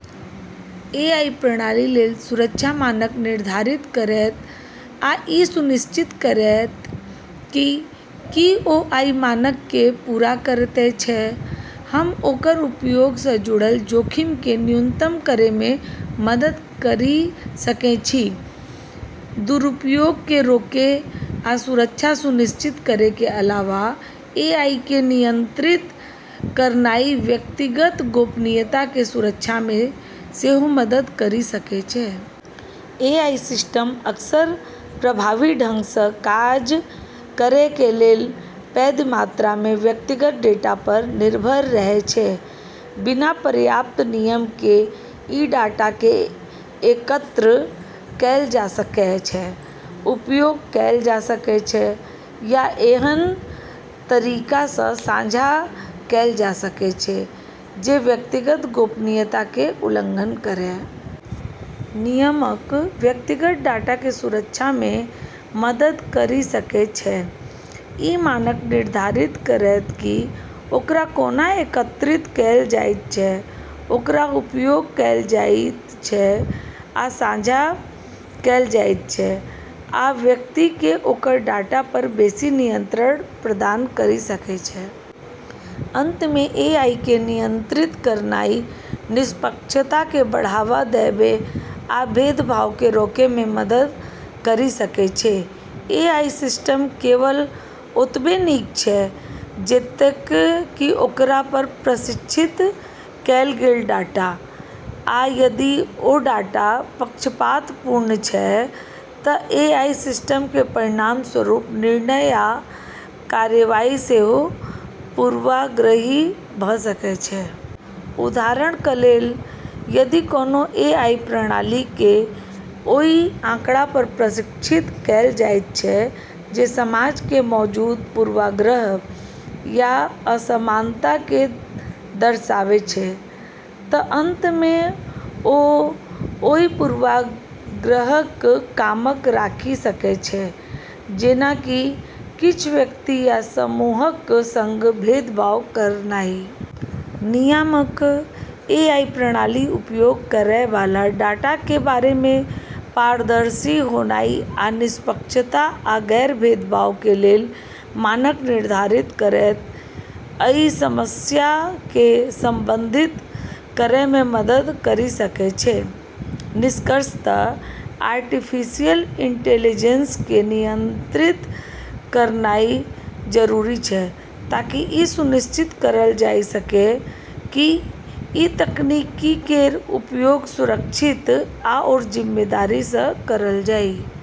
AI प्रणालीक लेल सुरक्षा मानक निर्धारित करैत आ इ सुनिश्चित करैत कि की ओ ओइ मानकके पूरा करैत छै, हम ओकर उपयोगसँ जुड़ल जोखिमके न्यूनतम करेमे मदद करि सकै छी। दुरुपयोगके रोकै आ सुरक्षा सुनिश्चित करैके अलावा, एआईके नियंत्रित करनाइ व्यक्तिगत गोपनीयताके सुरक्षामे सेहो मदद करि सकै छै। एआई सिस्टम अक्सर प्रभावी ढङ्गसँ काज करैके लेल पैघ मात्रामे व्यक्तिगत डेटा पर निर्भर रहै छै। बिना पर्याप्त नियमके, ई डाटाके एकत्र कैल जा सकै छै, उपयोग कैल जा सकै छै या ऐहन तरीकासँ साझा कैल जा सकै छै जे व्यक्तिके गोपनीयताके उल्लंघन करै। नियमक व्यक्तिगत डेटाके सुरक्षामे मदद करि सकै छै, ई मानक निर्धारित करैत कि ओकरा कोना एकत्रित कैल जाइत छै, ओकर उपयोग कैल जाइत छै आ साझा कैल जाइत छै आ व्यक्तिके ओकर डाटा पर बेशी नियंत्रण प्रदान करि सकै छै। अंतमे, एआईके नियंत्रित करनाइ निष्पक्षताके बढ़ावा देबै आ भेदभावके रोकैमे मदद करि सकै छै। एआई सिस्टम केवल ओतबे नीक छै जतेक कि ओकरा पर प्रशिक्षित कैल गेल डाटा, आ यदि ओ डाटा पक्षपातपूर्ण छै, त' एआई सिस्टमके परिणामस्वरूप निर्णय या कार्रवाई सेहो पूर्वाग्रही भ' सकै छै। उदाहरणक लेल, यदि कोनो एआई प्रणालीके ओइ आँकड़ा पर प्रशिक्षित कैल जाइत छै जे समाजमे मौजूद पूर्वाग्रह आ असमानताके दर्शाबै छै, त' अंत मे ओ ओइ पूर्वाग्रहक कायम राखि सकै छै, जेना कि किछ व्यक्ति या समूहक सङ्ग भेदभाव करनाइ। नियामक एआई प्रणालीक उपयोग करैबला डाटाके बारेमे पारदर्शी होनाइ आ निष्पक्षता आ गैर-भेदभावके लेल मानक निर्धारित करैत अइ समस्याके संबोधित करैमे मदद करि सकै छै। निष्कर्षतः आर्टिफिशियल इंटेलिजेंसके नियंत्रित करनाइ जरूरी छै ताकि ई सुनिश्चित करल जाइ सकै कि ई तकनीक केर उपयोग सुरक्षित आओर जिम्मेदारीसँ करल जाइ ।